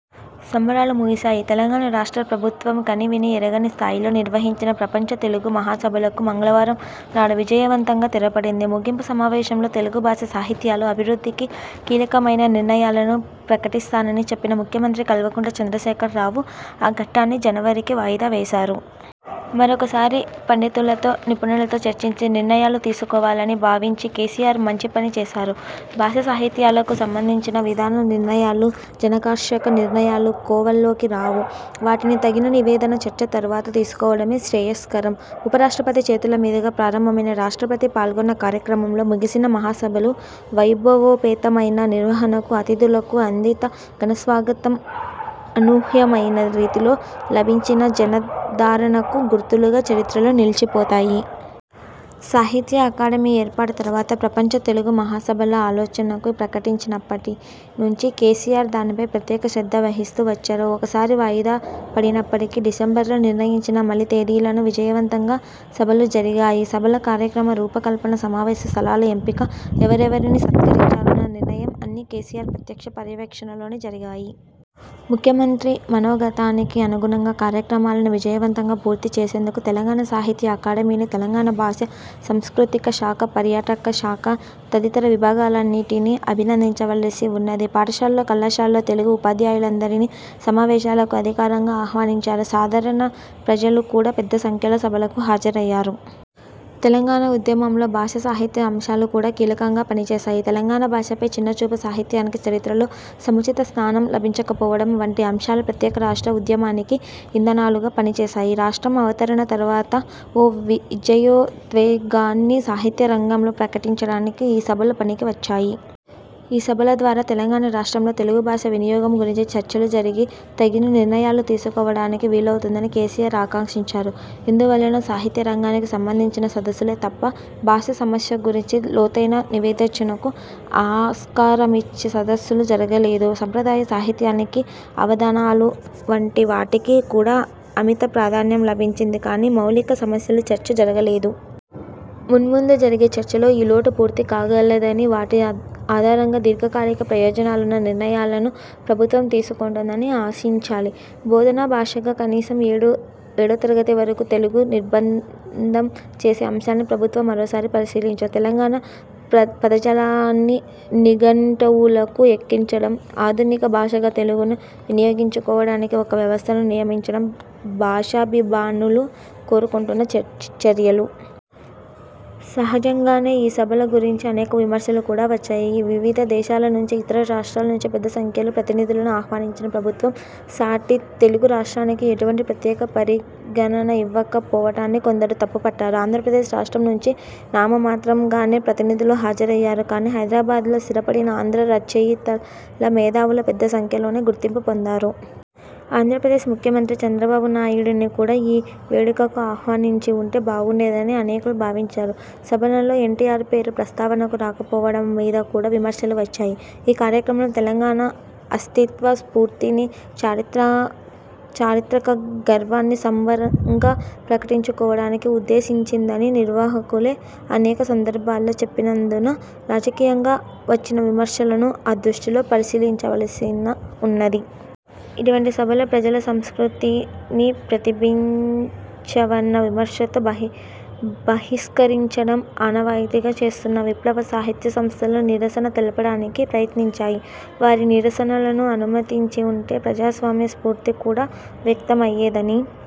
సంబరాలు ముగిసాయి. తెలంగాణ రాష్ట్ర ప్రభుత్వం కనీ వినీ ఎరుగని స్థాయిలో నిర్వహించిన ప్రపంచ తెలుగు మహాసభలకు మంగళవారం నాడు విజయవంతంగా తెరపడింది. ముగింపు సమావేశంలో తెలుగు భాషా సాహిత్యాల అభివృద్ధికి కీలకమయిన నిర్ణయాలను ప్రకటిస్తానని చెప్పిన ముఖ్యమంత్రి కల్వకుంట్ల చంద్రశేఖరరావు, ఆ ఘట్టాన్ని జనవరికి వాయిదా వేశారు. మరొకసారి పండితులతో, నిపుణులతో చర్చించి నిర్ణయాలు తీసుకోవాలని భావించి కేసీఆర్ మంచిపని చేశారు. భాషా సాహిత్యాలకు సంబంధించిన విధాన నిర్ణయాలు జనాకర్షక నిర్ణయాల కోవలోకి రావు. వాటిని తగిన వివేచన, చర్చ తరువాత తీసుకోవడమే శ్రేయస్కరం. ఉప రాష్ట్రపతి చేతుల మీదుగా ప్రారంభమై, రాష్ట్రపతి పాల్గొన్న కార్యక్రమంతో ముగిసిన మహాసభలు వైభవోపేతమైన నిర్వహణకు, ఆతిథులకు అందిన ఘనస్వాగతానికి, అనూహ్యమైన రీతిలో లభించిన జనాదరణకు గుర్తులుగా చరిత్రలో నిలిచిపోతాయి. సాహిత్య అకాడమీ ఏర్పాటు తరువాత, ప్రపంచ తెలుగు మహాసభల ఆలోచనను ప్రకటించినప్పటి నుంచి కేసీఆర్ దానిపై ప్రత్యేక శ్రద్ధ వహిస్తూ వచ్చారు. ఒకసారి వాయిదా పడినప్పటికీ, డిసెంబర్లో నిర్ణయించిన మలి తేదీలలో విజయవంతంగా సభలు జరిగాయి. సభల కార్యక్రమ రూప కల్పన, సమావేశ స్థలాల ఎంపిక, ఎవరెవరిని సత్కరించాలన్న నిర్ణయం అన్నీ కేసీఆర్ ప్రత్యక్ష పర్యవేక్షణలోనే జరిగాయి. ముఖ్యమంత్రి మనోగతానికి అనుగుణంగా కార్యక్రమాలను విజయవంతంగా పూర్తి చేసినందుకు తెలంగాణ సాహిత్య అకాడమీని, తెలంగాణ భాషా సాంస్కృతిక శాఖ, పర్యాటక శాఖ తదితర విభాగాలన్నిటినీ అభినందించవలసి ఉన్నది. పాఠశాలల్లో, కళాశాలల్లో తెలుగు ఉపాధ్యాయులందరినీ సమావేశాలకు అధికారికంగా ఆహ్వానించారు. సాధారణ ప్రజలు కూడా పెద్ద సంఖ్యలో సభలకు హాజరయ్యారు. తెలంగాణ ఉద్యమంలో భాషా సాహిత్య అంశాలు కూడా కీలకంగా పనిచేశాయి. తెలంగాణ భాషపై చిన్నచూపు, సాహిత్యానికి చరిత్రలో సముచిత స్థానం లభించకపోవడం, వంటి అంశాలు ప్రత్యేక రాష్ట్ర ఉద్యమానికి ఇంధనాలుగా పనిచేశాయి. రాష్ట్రం అవతరణ తరువాత, ఆ విజయోద్వేగాన్ని సాహిత్యరంగంలో ప్రకటించడానికి ఈ సభలు పనికి వచ్చాయి. ఈ సభల ద్వారా తెలంగాణ రాష్ట్రంలో తెలుగు భాష వినియోగం గురించిన చర్చలు జరిగి, తగిన నిర్ణయాలు తీసుకోవడానికి వీలవుతుందని కేసీఆర్ ఆకాంక్షించారు. ఎందువల్లనో, సాహిత్యరంగానికి సంబంధించిన సదస్సులే తప్ప, భాషా సమస్య గురించి లోతైన వివేచనకు ఆస్కారమిచ్చే సదస్సులు జరగలేదు. సంప్రదాయ సాహిత్యానికి, అవధానాల వంటి వాటికి కూడా అమిత ప్రాధాన్యం లభించింది కానీ, మౌలిక సమస్యల చర్చ జరగలేదు. మున్ముందు జరిగే చర్చల్లో ఈ లోటు పూర్తి కాగలదని, వాటి ఆధారంగా దీర్ఘకాలిక ప్రయోజనాలున్న నిర్ణయాలను ప్రభుత్వం తీసుకుంటుందని ఆశించాలి. బోధనా భాషగా కనీసం ఏడో తరగతి వరకు తెలుగును నిర్బంధం చేసే అంశాన్ని ప్రభుత్వం మరోసారి పరిశీలించాలి. తెలంగాణ పదజాలాన్ని నిఘంటువులకు ఎక్కించడం, ఆధునిక భాషగా తెలుగును వినియోగించుకోవడానికి ఒక వ్యవస్థను నియమించడం, భాషాభిమానులు కోరుకుంటున్న చర్యలు. సహజంగానే ఈ సభల గురించి అనేక విమర్శలు కూడా వచ్చాయి. వివిధ దేశాల నుంచి, ఇతర రాష్ట్రాల నుంచి పెద్ద సంఖ్యలో ప్రతినిధులను ఆహ్వానించిన ప్రభుత్వం సాటి తెలుగు రాష్ట్రానికి ఎటువంటి ప్రత్యేక పరిగణన ఇవ్వక పోవడాన్ని కొందరు తప్పు పట్టారు. ఆంధ్రప్రదేశ్ రాష్ట్రం నుంచి నామ మాత్రంగానే ప్రతినిధులు హాజరయ్యారు కానీ, హైదరాబాద్లో స్థిరపడిన ఆంధ్ర రచయితలు, మేధావులు పెద్ద సంఖ్యలోనే గుర్తింపు పొందారు. ఆంధ్రప్రదేశ్ ముఖ్యమంత్రి చంద్రబాబు నాయుడుని కూడా ఈ వేడుకకు ఆహ్వానించి ఉంటే బాగుండేదని అనేకులు భావించారు. సభలలో ఎన్టీఆర్ పేరు ప్రస్తావనకు రాకపోవడం మీద కూడా విమర్శలు వచ్చాయి. ఈ కార్యక్రమం తెలంగాణ అస్తిత్వ స్ఫూర్తిని, చరిత్ర చారిత్రక గర్వాన్ని సంబరంగా ప్రకటించుకోవడానికి ఉద్దేశించినదని నిర్వాహకులే అనేక సందర్భాలలో చెప్పినందున, రాజకీయంగా వచ్చిన విమర్శలను ఆ దృష్టితో పరిశీలించవలసి ఉన్నది. ఇటువంటి సభలు ప్రజల సంస్కృతిని ప్రతిబింబించవన్న విమర్శతో బహిష్కరించడం ఆనవాయితీగా చేస్తున్న విప్లవ సాహిత్యసంస్థలు నిరసన తెలపడానికి ప్రయత్నించాయి. వారి నిరసనలను అనుమతించి ఉంటే ప్రజాస్వామ్య స్ఫూర్తి కూడా వ్యక్తమయ్యేదని,